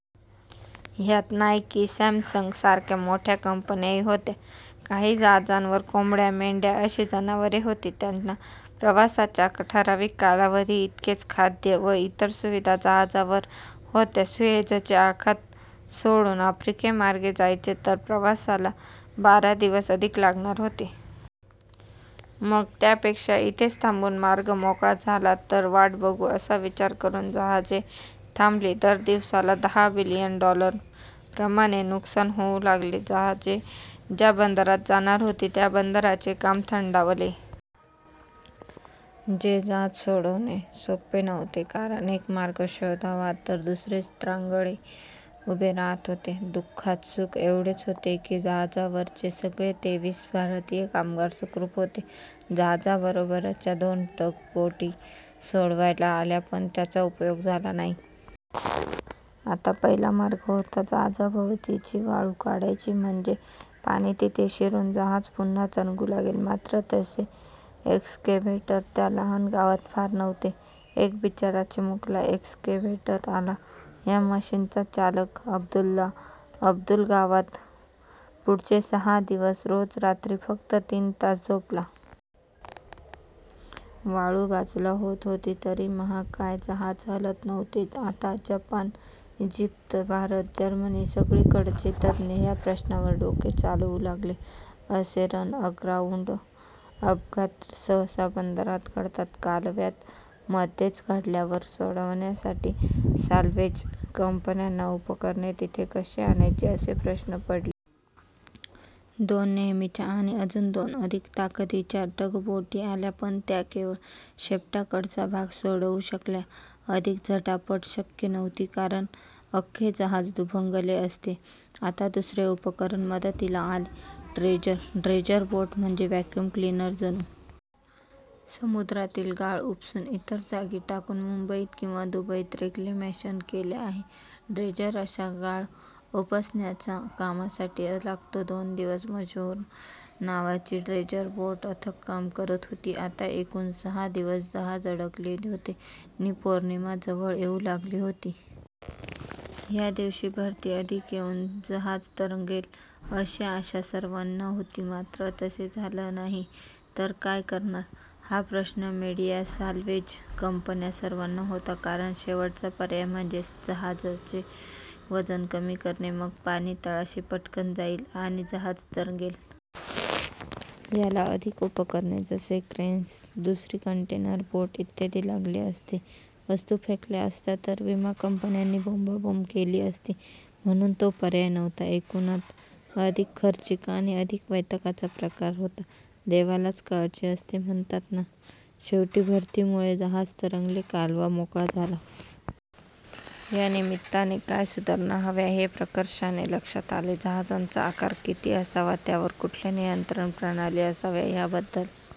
ह्यात Nike, Samsung सारख्या मोठ्या कंपन्याही होत्या. काही जहाजांवर कोंबड्या, मेंढ्या अशी जनावरे होती. त्यांना प्रवासाच्या ठराविक कालावधी इतकेच खाद्य व इतर सुविधा जहाजावर होत्या. सुएझचे आखात सोडून आफ्रिकेमार्गे जायचे तर प्रवासाला बारा दिवस अधिक लागणार होते. मग त्यापेक्षा इथेच थांबून मार्ग मोकळा झाला तर वाट बघू असा विचार करून जहाजे थांबली. दर दिवसाला दहा बिलियन डॉलर प्रमाणे नुकसान होऊ लागले. जहाजे ज्या बंदरात जाणार होती त्या बंदरांचे काम थंडावले. हे जहाज सोडवणे सोपे नव्हते, कारण एक मार्ग शोधावा तर दुसरेच त्रांगडे उभे राहत होते. दुःखात सुख एवढेच होते की जहाजावरचे सगळे तेवीस भारतीय कामगार सुखरूप होते. जहाजाबरोबरच्या दोन टग बोटी सोडवायला आल्या पण त्याचा उपयोग झाला नाही. आता पहिला मार्ग होता जहाजाभोवतीची वाळू काढायची म्हणजे पाणी तिथे शिरून जहाज पुन्हा तरंगू लागेल. मात्र तसे एक्सकेव्हेटर त्या लहान गावात फार नव्हते. एक बिचारा चिमुकला एक्सकेव्हेटर आला. ह्या मशीनचा चालक अब्दुल्ला अब्दुल-गावाद पुढचे सहा दिवस रोज रात्री फक्त तीन तास झोपला. वाळू बाजूला होत होती तरी महाकाय जहाज हलत नव्हते. आता जपान, ईजिप्त, भारत, जर्मनी सगळीकडचे तज्ञ ह्या प्रश्नावर डोके चालवू लागले. असे 'रन अग्राउंड' अपघात सहसा बंदरात घडतात. कालव्यात मध्येच घडल्यावर सोडवण्यासाठी साल्व्हेज कंपन्यांना उपकरणे तिथे कशी आणायची असे प्रश्न पडले. दोन नेहमीच्या आणि अजून दोन अधिक ताकदीच्या टग बोटी आल्या पण त्या केवळ शेपटाकडचा भाग सोडवू शकल्या. अधिक झटापट शक्य नव्हती कारण अख्खे जहाज दुभंगले असते. आता दुसरे उपकरण मदतीला आले ड्रेजर. ड्रेजर बोट म्हणजे व्हॅक्यूम क्लीनर जणू. समुद्रातील गाळ उपसून इतर जागी टाकून मुंबईत किंवा दुबईत 'रेक्लेमेशन' केले आहे. ड्रेजर अशा गाळ उपसण्याचा कामासाठी लागतो. दोन दिवस 'मशहूर' नावाची ड्रेजर बोट अथक काम करत होती. आता एकूण सहा दिवस जहाज अडकले होते नि पौर्णिमा जवळ येऊ लागली होती. ह्या दिवशी भरती अधिक येऊन जहाज तरंगेल अशी आशा सर्वाना होती. मात्र तसे झालं नाही तर काय करणार? हा प्रश्न मिडीया, साल्वेज कंपन्या सर्वाना होता. कारण शेवटचा पर्याय म्हणजे जहाजाचे वजन कमी करणे मग पाणी तळाशी पटकन जाईल आणि जहाज तरंगेल. ह्याला अधिक उपकरणे जसे क्रेन्स, दुसरी कंटेनर बोट इ लागले असते. वस्तू फेकल्या असत्या तर विमा कंपन्यांनी बोंबाबोंब केली असती म्हणून तो पर्याय नव्हता. एकूणात अधिक खर्चिक आणि अधिक वैतागाचा प्रकार होता. देवालाच काळजी असते म्हणतात ना, शेवटी भरतीमुळे जहाज तरंगले, कालवा मोकळा झाला!! ह्या निमित्ताने काय सुधारणा हव्या हे प्रकर्षाने लक्षात आले. जहाजांचा आकार किती असावा, त्यावर कुठल्या नियंत्रण प्रणाली असाव्या ह्या बद्दल